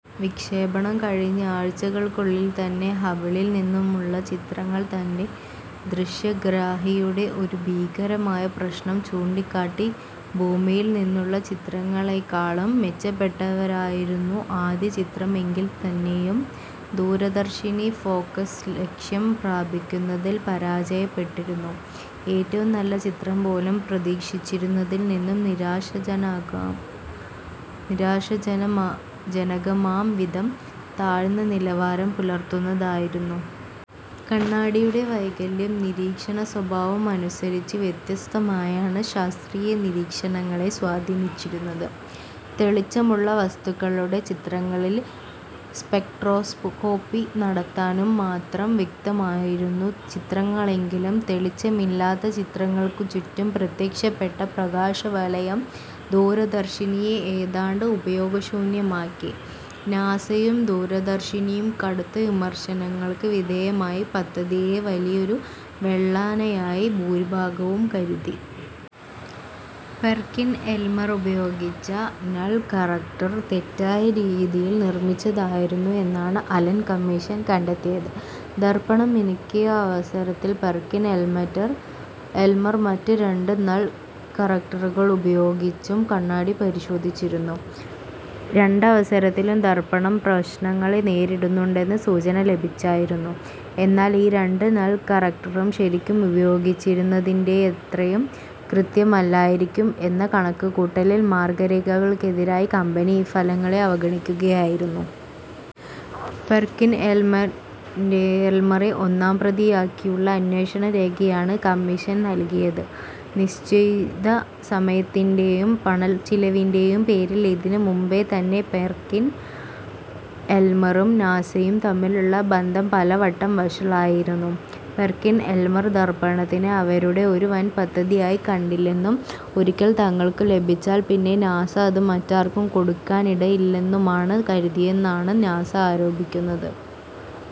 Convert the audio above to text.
വിക്ഷേപണം കഴിഞ്ഞ് ആഴ്ച്ചകൾക്കുള്ളിൽ തന്നെ ഹബിളിൽ നിന്നുമുള്ള ചിത്രങ്ങൾ അതിന്റെ ദൃശ്യഗ്രാഹിയുടെ ഒരു ഭീകരമായ പ്രശ്നം ചൂണ്ടിക്കാട്ടി. ഭൂമിയിൽ നിന്നുള്ള ചിത്രങ്ങളേക്കാളും മെച്ചപ്പെട്ടവയായിരുന്നു ആദ്യചിത്രം എങ്കിൽ തന്നേയും, ദൂരദർശിനി ഫോകസ് ലക്ഷ്യം പ്രാപിക്കുന്നതിൽ പരാജയപ്പെട്ടിരുന്നു. ഏറ്റവും നല്ല ചിത്രം പോലും പ്രതീക്ഷിച്ചിരുന്നതിൽ നിന്നും നിരാശാജനകമാം വിധം താഴ്ന്ന നിലവാരം പുലർത്തുന്നതായിരുന്നു. കണ്ണാടിയുടെ വൈകല്യം നിരീക്ഷണ സ്വഭാവം അനുസരിച്ച് വ്യത്യസ്തമായാണ് ശാസ്ത്രീയ നിരീക്ഷണങ്ങളെ സ്വാധീനിച്ചിരുന്നത്. തെളിച്ചമുള്ള വസ്തുക്കളുടെ ചിത്രങ്ങളിൽ സ്പെക്ട്രോസ്കോപി നടത്താനും മാത്രം വ്യക്തമായിരുന്നു ചിത്രങ്ങളെങ്കിലും, തെളിച്ചമില്ലാത്ത ചിത്രങ്ങൾക്കു ചുറ്റും പ്രത്യക്ഷപ്പെട്ട പ്രകാശവലയം ദൂരദർശിനിയെ ഏതാണ്ട് ഉപയോഗശൂന്യമാക്കി. നാസയും ദൂരദർശിനിയും കടുത്ത വിമർശനങ്ങൾക്ക് വിധേയമായി, പദ്ധതിയെ വലിയൊരുവെള്ളാനയായി ഭൂരിഭാഗവും കരുതി. പെർകിൻ-എൽമർ ഉപയോഗിച്ച നൾ കറക്റ്റർ തെറ്റായ രീതിയിൽ നിർമ്മിച്ചതായിരുന്നു എന്നാണ് അലൻ കമ്മീഷൻ കണ്ടെത്തിയത്. ദർപ്പണം മിനുക്കിയ അവസരത്തിൽ പെർകിൻ-എൽമർ മറ്റ് രണ്ട് നൾ കറക്റ്ററുകൾ ഉപയോഗിച്ചും കണ്ണാടി പരിശോധിച്ചിരുന്നു. രണ്ടവസരത്തിലും ദർപ്പണം പ്രശ്നങ്ങളെ നേരിടുന്നുണ്ടെന്ന് സൂചന ലഭിച്ചായിരുന്നു. എന്നാൽ ഈ രണ്ടു നൾ കറക്റ്ററുകളും ശരിക്കും ഉപയോഗിച്ചിരുന്നതിന്റെയത്രയും കൃത്യമല്ലായിരിക്കും എന്ന കണക്കുകൂട്ടലിൽ മാർഗ്ഗരേഖകൾക്കെതിരായി കമ്പനി ഈ ഫലങ്ങളെ അവഗണിക്കുകയായിരുന്നു. പെർകിൻ-എൽമറെ ഒന്നാംപ്രതിയാക്കിയുള്ള അന്വേഷണരേഖയാണ് കമ്മീഷൻ നൽകിയത്. നിശ്ചിത സമയത്തിന്റേയും പണച്ചിലവിന്റേയും പേരിൽ ഇതിനു മുമ്പേതന്നെ പെർകിൻ-എൽമറും നാസയും തമ്മിലുള്ള ബന്ധം പലവട്ടം വഷളായിരുന്നു. പെർകിൻ-എൽമർ ദർപ്പണത്തിനെ അവരുടെ ഒരു വൻ പദ്ധതിയായി കണ്ടില്ലെന്നും ഒരിക്കൽ തങ്ങൾക്കു ലഭിച്ചാൽ പിന്നെ നാസ അത് മറ്റാർക്കും കൊടുക്കാനിടയില്ലെന്നുമാണ് കരുതിയെന്നാണ് നാസ ആരോപിക്കുന്നത്.